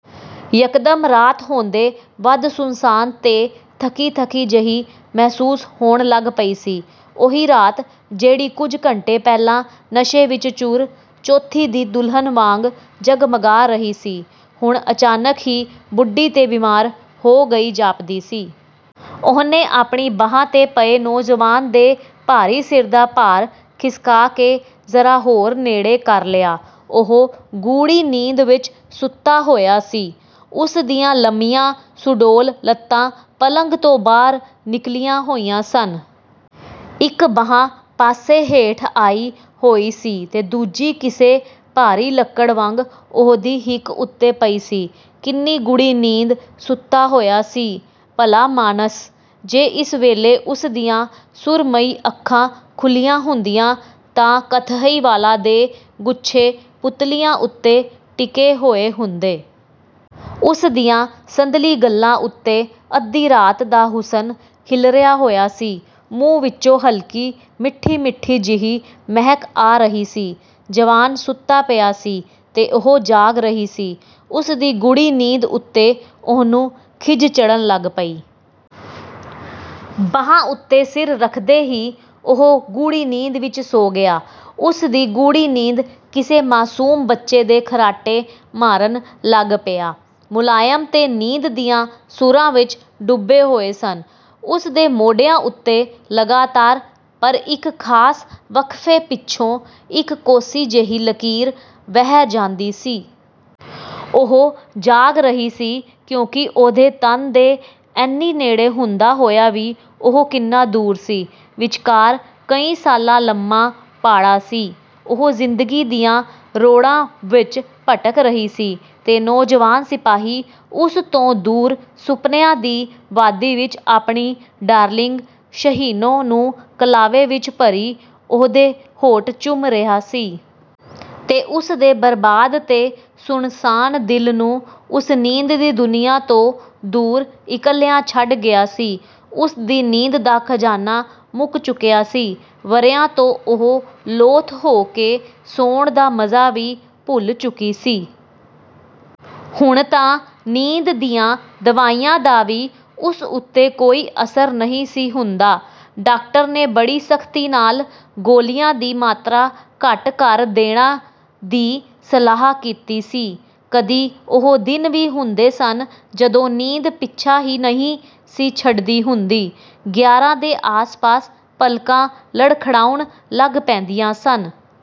ਯਕਦਮ ਰਾਤ ਹੱਦੋਂ ਵੱਧ ਸੁੰਨਸਾਨ ਤੇ ਥੱਕੀ-ਥੱਕੀ ਜਿਹੀ ਮਹਿਸੂਸ ਹੋਣ ਲੱਗ ਪਈ ਸੀ। ਉਹੀ ਰਾਤ, ਜਿਹੜੀ ਕੁਝ ਘੰਟੇ ਪਹਿਲਾਂ ਨਸ਼ੇ ਵਿੱਚ ਚੂਰ, ਚੌਥੀ ਦੀ ਦੁਲਹਨ ਵਾਂਗ ਜਗਮਗਾ ਰਹੀ ਸੀ, ਹੁਣ ਅਚਾਨਕ ਹੀ ਬੁੱਢੀ ਤੇ ਬਿਮਾਰ ਹੋ ਗਈ ਜਾਪਦੀ ਸੀ। ਉਹਨੇ ਆਪਣੀ ਬਾਂਹ ਤੇ ਪਏ ਨੌਜਵਾਨ ਦੇ ਭਾਰੀ ਸਿਰ ਦਾ ਭਾਰ ਖਿਸਕਾ ਕੇ ਜ਼ਰਾ ਹੋਰ ਨੇੜੇ ਕਰ ਲਿਆ। ਉਹ ਗੂੜ੍ਹੀ ਨੀਂਦ ਵਿੱਚ ਸੁੱਤਾ ਹੋਇਆ ਸੀ। ਉਸਦੀਆਂ ਲੰਮੀਆਂ, ਸੁਡੌਲ ਲੱਤਾਂ ਪਲੰਘ ਤੋਂ ਬਾਹਰ ਨਿਕਲੀਆਂ ਹੋਈਆਂ ਸਨ। ਇੱਕ ਬਾਂਹ ਪਾਸੇ ਹੇਠ ਆਈ ਹੋਈ ਸੀ ਤੇ ਦੂਜੀ ਕਿਸੇ ਭਾਰੀ ਲੱਕੜ ਵਾਂਗ ਉਹਦੀ ਹਿੱਕ ਉੱਤੇ ਪਈ ਸੀ। ਕਿੰਨੀ ਗੂੜ੍ਹੀ ਨੀਂਦ ਸੁੱਤਾ ਹੋਇਆ ਸੀ, ਭਲਾਮਾਣਸ! ਜੇ ਇਸ ਵੇਲੇ ਉਸਦੀਆਂ ਸੁਰਮਈ ਅੱਖਾਂ ਖੁੱਲ੍ਹੀਆਂ ਹੁੰਦੀਆਂ, ਤਾਂ ਕਥਈ ਵਾਲਾਂ ਦੇ ਗੁੱਛੇ ਪੁਤਲੀਆਂ ਉੱਤੇ ਟਿਕੇ ਹੋਏ ਹੁੰਦੇ। ਉਸਦੀਆਂ ਸੰਦਲੀ ਗੱਲ੍ਹਾਂ ਉੱਤੇ ਅੱਧੀ ਰਾਤ ਦਾ ਹੁਸਨ ਖਿੱਲਰਿਆ ਹੋਇਆ ਸੀ। ਮੂੰਹ ਵਿਚੋਂ ਹਲਕੀ ਮਿੱਠੀ-ਮਿੱਠੀ ਜਿਹੀ ਮਹਿਕ ਆ ਰਹੀ ਸੀ । ਜਵਾਨ ਸੁੱਤਾ ਪਿਆ ਸੀ ਤੇ ਉਹ ਜਾਗ ਰਹੀ ਸੀ। ਉਸਦੀ ਗੂੜ੍ਹੀ ਨੀਂਦ ਉੱਤੇ ਉਹਨੂੰ ਖਿਝ ਚੜ੍ਹਨ ਲੱਗ ਪਈ। ਬਾਂਹ ਉੱਤੇ ਸਿਰ ਰੱਖਦੇ ਹੀ ਉਹ ਗੂੜ੍ਹੀ ਨੀਂਦ ਵਿੱਚ ਸੌਂ ਗਿਆ। ਉਸਦੀ ਗੂੜ੍ਹੀ ਨੀਂਦ ਕਿਸੇ ਮਾਸੂਮ ਬੱਚੇ ਦੇ ਖਰਾਟੇ ਮਾਰਨ ਲੱਗ ਪਿਆ, ਮੁਲਾਇਮ ਤੇ ਨੀਂਦ ਦੀਆਂ ਸੁਰਾਂ ਵਿੱਚ ਡੁੱਬੇ ਹੋਏ ਸਨ। ਉਸਦੇ ਮੋਢਿਆਂ ਉੱਤੇ ਲਗਾਤਾਰ, ਪਰ ਇੱਕ ਖਾਸ ਵਕਫ਼ੇ ਪਿੱਛੋਂ, ਇੱਕ ਕੋਸੀ ਜਿਹੀ ਲਕੀਰ ਵਹਿ ਜਾਂਦੀ ਸੀ। ਉਹ ਜਾਗ ਰਹੀ ਸੀ, ਕਿਉਂਕਿ ਉਹਦੇ ਤਨ ਦੇ ਏਨੀ ਨੇੜੇ ਹੁੰਦਾ ਹੋਇਆ ਵੀ ਉਹ ਕਿੰਨਾ ਦੂਰ ਸੀ। ਵਿਚਕਾਰ ਕਈ ਸਾਲਾਂ ਲੰਮਾ ਪਾੜਾ ਸੀ। ਉਹ ਜ਼ਿੰਦਗੀ ਦੀਆਂ ਰੌੜਾਂ ਵਿੱਚ ਭਟਕ ਰਹੀ ਸੀ ਤੇ ਨੌਜਵਾਨ ਸਿਪਾਹੀ ਉਸ ਤੋਂ ਦੂਰ ਸੁਪਨਿਆਂ ਦੀ ਵਾਦੀ ਵਿੱਚ ਆਪਣੀ ਡਾਰਲਿੰਗ ਸ਼ਹੀਨੋ ਨੂੰ ਕਲਾਵੇ ਵਿੱਚ ਭਰੀ ਉਹਦੇ ਹੋਂਠ ਚੁੰਮ ਰਿਹਾ ਸੀ... ਤੇ ਉਸਦੇ ਬਰਬਾਦ ਤੇ ਸੁੰਨਸਾਨ ਦਿਲ ਨੂੰ, ਉਸ ਨੀਂਦ ਦੀ ਦੁਨੀਆ ਤੋਂ ਦੂਰ, ਇਕੱਲਿਆਂ ਛੱਡ ਗਿਆ ਸੀ। ਉਸਦੀ ਨੀਂਦ ਦਾ ਖ਼ਜ਼ਾਨਾ ਮੁੱਕ ਚੁੱਕਿਆ ਸੀ। ਵਰ੍ਹਿਆਂ ਤੋਂ ਉਹ ਲੋਥ ਹੋ ਕੇ ਸੌਣ ਦਾ ਮਜ਼ਾ ਵੀ ਭੁੱਲ ਚੁੱਕੀ ਸੀ। ਹੁਣ ਤਾਂ ਨੀਂਦ ਦੀਆਂ ਦਵਾਈਆਂ ਦਾ ਵੀ ਉਸ ਉੱਤੇ ਕੋਈ ਅਸਰ ਨਹੀਂ ਸੀ ਹੁੰਦਾ। ਡਾਕਟਰ ਨੇ ਬੜੀ ਸਖ਼ਤੀ ਨਾਲ ਗੋਲੀਆਂ ਦੀ ਮਾਤਰਾ ਘੱਟ ਕਰ ਦੇਣਾ ਦੀ ਸਲਾਹ ਕੀਤੀ ਸੀ। ਕਦੀ ਉਹ ਦਿਨ ਵੀ ਹੁੰਦੇ ਸਨ, ਜਦੋਂ ਨੀਂਦ ਪਿੱਛਾ ਹੀ ਨਹੀਂ ਸੀ ਛੱਡਦੀ ਹੁੰਦੀ। ਗਿਆਰਾਂ ਦੇ ਆਸ-ਪਾਸ ਪਲਕਾਂ ਲੜਖੜਾਉਣ ਲੱਗ ਪੈਂਦੀਆਂ ਸਨ।